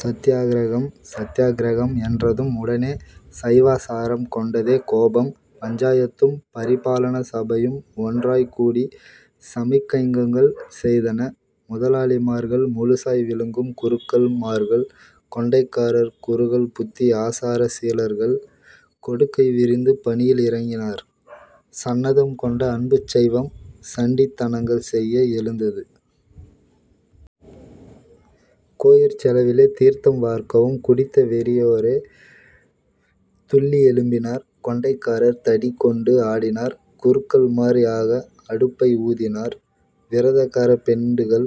சத்யாக்கிரகம். சத்யாக் கிரகம் என்றதும் உடனே சைவாசாரம் கொண்டதே கோபம் பஞ்சாயத்தும் பரிபாலன சபையும் ஒன்றாய்க்கூடி சமிக்ஞைகள் செய்தன. முதலாளிமார்கள், முழுசாய் விழுங்கும் குருக்கள் மார்கள், கொண்டைக்காரர் குறுகல் புத்தி ஆசார சீலர்கள் கொடுக்கை வரிந்து பணியில் இறங்கினார். சன்னதம் கொண்ட அன்புச் சைவம் சண்டித் தனங்கள் செய்ய எழுந்தது. கோயிற் செலவிலே 'தீர்த்தம்' வார்க்கவும் குடித்த வெறியரோ துள்ளி எழும்பினார் கொண்டைக்காரர் தடி கொண்டு ஆடினார் குருக்கள்மார் யாக அடுப்பை ஊதினார். விரதகாரப் பெண்டுகள்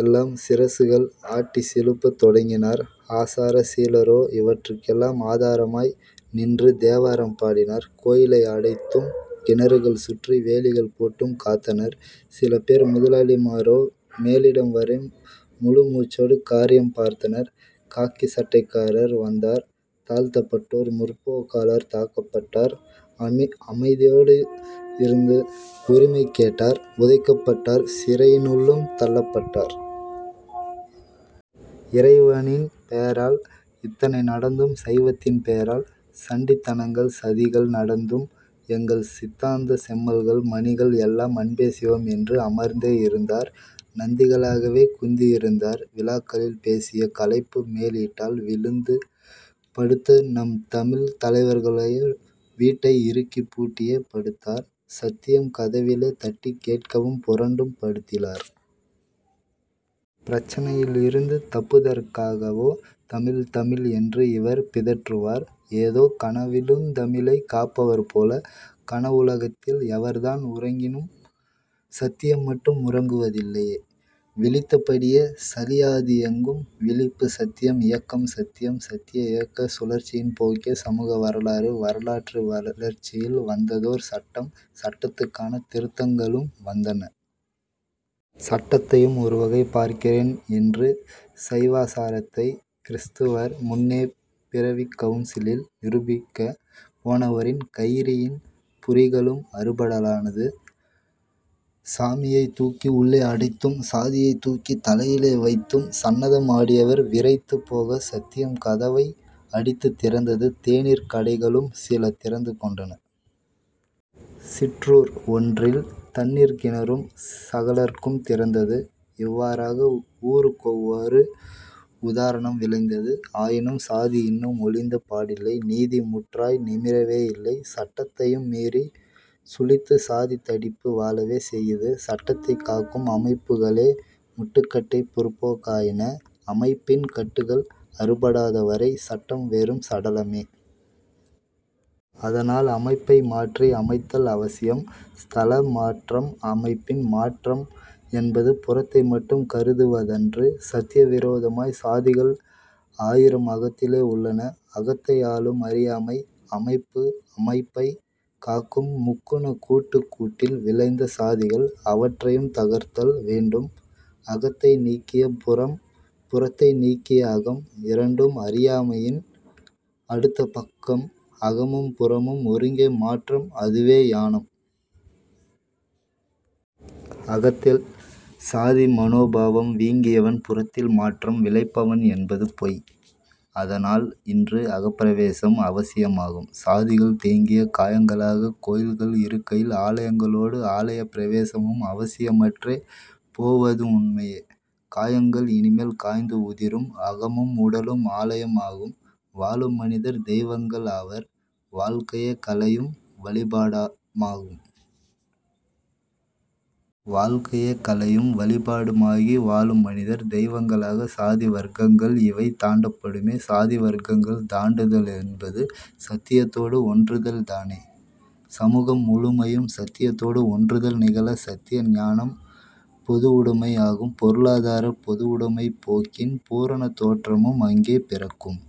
எல்லாம் சிரசுகள் ஆட்டிச் சிலுப்பத் தொடங்கினார் ஆசார சீலரோ இவற்றுக் கெல்லாம் ஆதாரமாய் நின்று தேவாரம் பாடினார் கோயிலை அடைத்தும் கிணறுகள் சுற்றி வேலிகள் போட்டும் காத்தனர் சிலபேர் முதலாளிமாரோ மேலிடம் வரையும் முழுமூச்சோடு 'காரியம்' பார்த்தனர் காக்கிச் சட்டைக்காரர் வந்தார் தாழ்த்தப்பட்டோர், முற்போக்காளர் தாக்கப்பட்டார் அமைதியோடிருந்து உரிமை கேட்டோர் உதைக்கப்பட்டார் சிறையினுள்ளும் தள்ளப் பட்டார். இறைவனின் பேரால் இத்தனை நடந்தும் சைவத்தின் பேரால் சண்டித்தனங்கள், சதிகள் நடந்தும் எங்கள் சித்தாந்தச் செம்மல்கள், மணிகள் எல்லாம் அன்பே சிவம் என்று அமர்ந்தே இருந்தார்; நந்திகளாகவே குந்தியிருந்தார். விழாக்களில் பேசிய களைப்பு மேலீட்டால் விழுந்து படுத்த நம் தமிழ்த் தலைவர்களோ வீட்டை இறுக்கிப் பூட்டியே படுத்தார் சத்தியம் கதவிலே தட்டிக் கேட்கவும் புரண்டும் படுத்திலார்! பிரச்சினையிலிருந்து தப்புதற்காகவோ 'தமிழ் தமிழ்' என்று இவர் பிதற்றுவார் ஏதோ கனவிலுந் தமிழைக் காப்பவர் போல. கனவுலகத்தில் எவர்தான் உறங்கினும் சத்தியம் மட்டும் உறங்குவதில்லை. விழித்தபடியே சலியாதியங்கும் விழிப்பு சத்தியம் இயக்கம் சத்தியம். சத்திய இயக்கச் சுழற்சியின் போக்கே சமூக வரலாறு. வரலாற்று வளர்ச்சியில் வந்ததோர் சட்டம் சட்டத்துக்கான திருத்தங்களும் வந்தன. சட்டத்தையும் ஒருகை பார்க்கிறேன் என்று சைவாசாரத்தை கிறீஸ்தவர் முன்னே பிறிவிக் கவுன்சிலில் நிரூபிக்கப் போனவரின் 'கயிறி'ன் புரிகளும் அறுபடலானது. சாமியைத் தூக்கி உள்ளே அடைத்தும் சாதியைத் தூக்கித் தலையிலே வைத்தும் சன்னதம் ஆடியவர் விறைத்துப் போக சத்தியம் கதவை அடித்துத் திறந்தது. தேனீர்க் கடைகளும் சில திறந்து கொண்டன. சிற்றூர் ஒன்றில் தண்ணீர்க் கிணறும் சகலர்க்கும் திறந்தது. இவ்வாறாக ஊருக்கொவ்வொரு உதாரணம் விளைந்தது. ஆயினும் சாதி இன்னும் ஒழிந்த பாடில்லை நீதி முற்றாய் நிமிரவே இல்லை. சட்டத்தையும் மீறிச் சுழித்து சாதித் தடிப்பு வாழவே செய்யுது சட்டத்தைக் காக்கும் அமைப்புகளே முட்டுக்கட்டைப் பிற்போக்காயின. அமைப்பின் கட்டுகள் அறுபடாதவரை சட்டம் வெறும் சடலமே। அதனால் அமைப்பை மாற்றி அமைத்தல் அவசியம்.. ஸ்தல மாற்றம் அமைப்பின் மாற்றம் என்பது புறத்தை மட்டும் கருதுவதன்று சத்தியவிரோதமாய் சாதிகள் ஆயிரம் அகத்திலே உள்ளன. அகத்தை ஆளும் அறியாமை அமைப்பு அமைப்பைக் காக்கும் முக்குணக் கூட்டு கூட்டில் விளைந்த சாதிகள். அவற்றையும் தகர்த்தல் வேண்டும் அகத்தை நீக்கிய புறம் புறத்தை நீக்கிய அகம் இரண்டும் அறியாமையின் அடுத்தபக்கம் அகமும் புறமும் ஒருங்கே மாற்றம் அதுவே ஞானம். அகத்தில் சாதி மனோபாவம் வீங்கியவன் புறத்தில் மாற்றம் விளைப்பன் என்பது பொய். அதனால் இன்று அகப்பிரவேசம் அவசியமாகும். சாதிகள் தேங்கிய காயங்களாக கோயில்கள் இருக்கையில் ஆலயங்களோடு ஆலயப் பிரவேசமும் அவசியமற்றே போவதுண்மையே. காயங்கள் இனிமேல் காய்ந்து உதிரும் அகமும் உடலும் ஆலயம் ஆகும் வாழும் மனிதர் தெய்வங்கள் ஆவர் வாழ்க்கையே கலையும் வழிபாடுமாகும். வாழ்க்கையே கலையும் வழிபாடுமாகி வாழும் மனிதர் தெய்வங்களாக சாதி வர்க்கங்கள் இவை தாண்டப்படுமே சாதி வர்க்கங்கள் தாண்டுத லென்பது சத்தியத்தோடு ஒன்றுதல்தானே. சமூகம் முழுமையும் சத்தியத்தோடு ஒன்றுதல் நிகழ சத்திய ஞானம் பொது உடைமை ஆகும்; பொருளாதாரப் பொதுவுடமைப் போக்கின் பூரணத் தோற்றமும் அங்கே பிறக்கும்.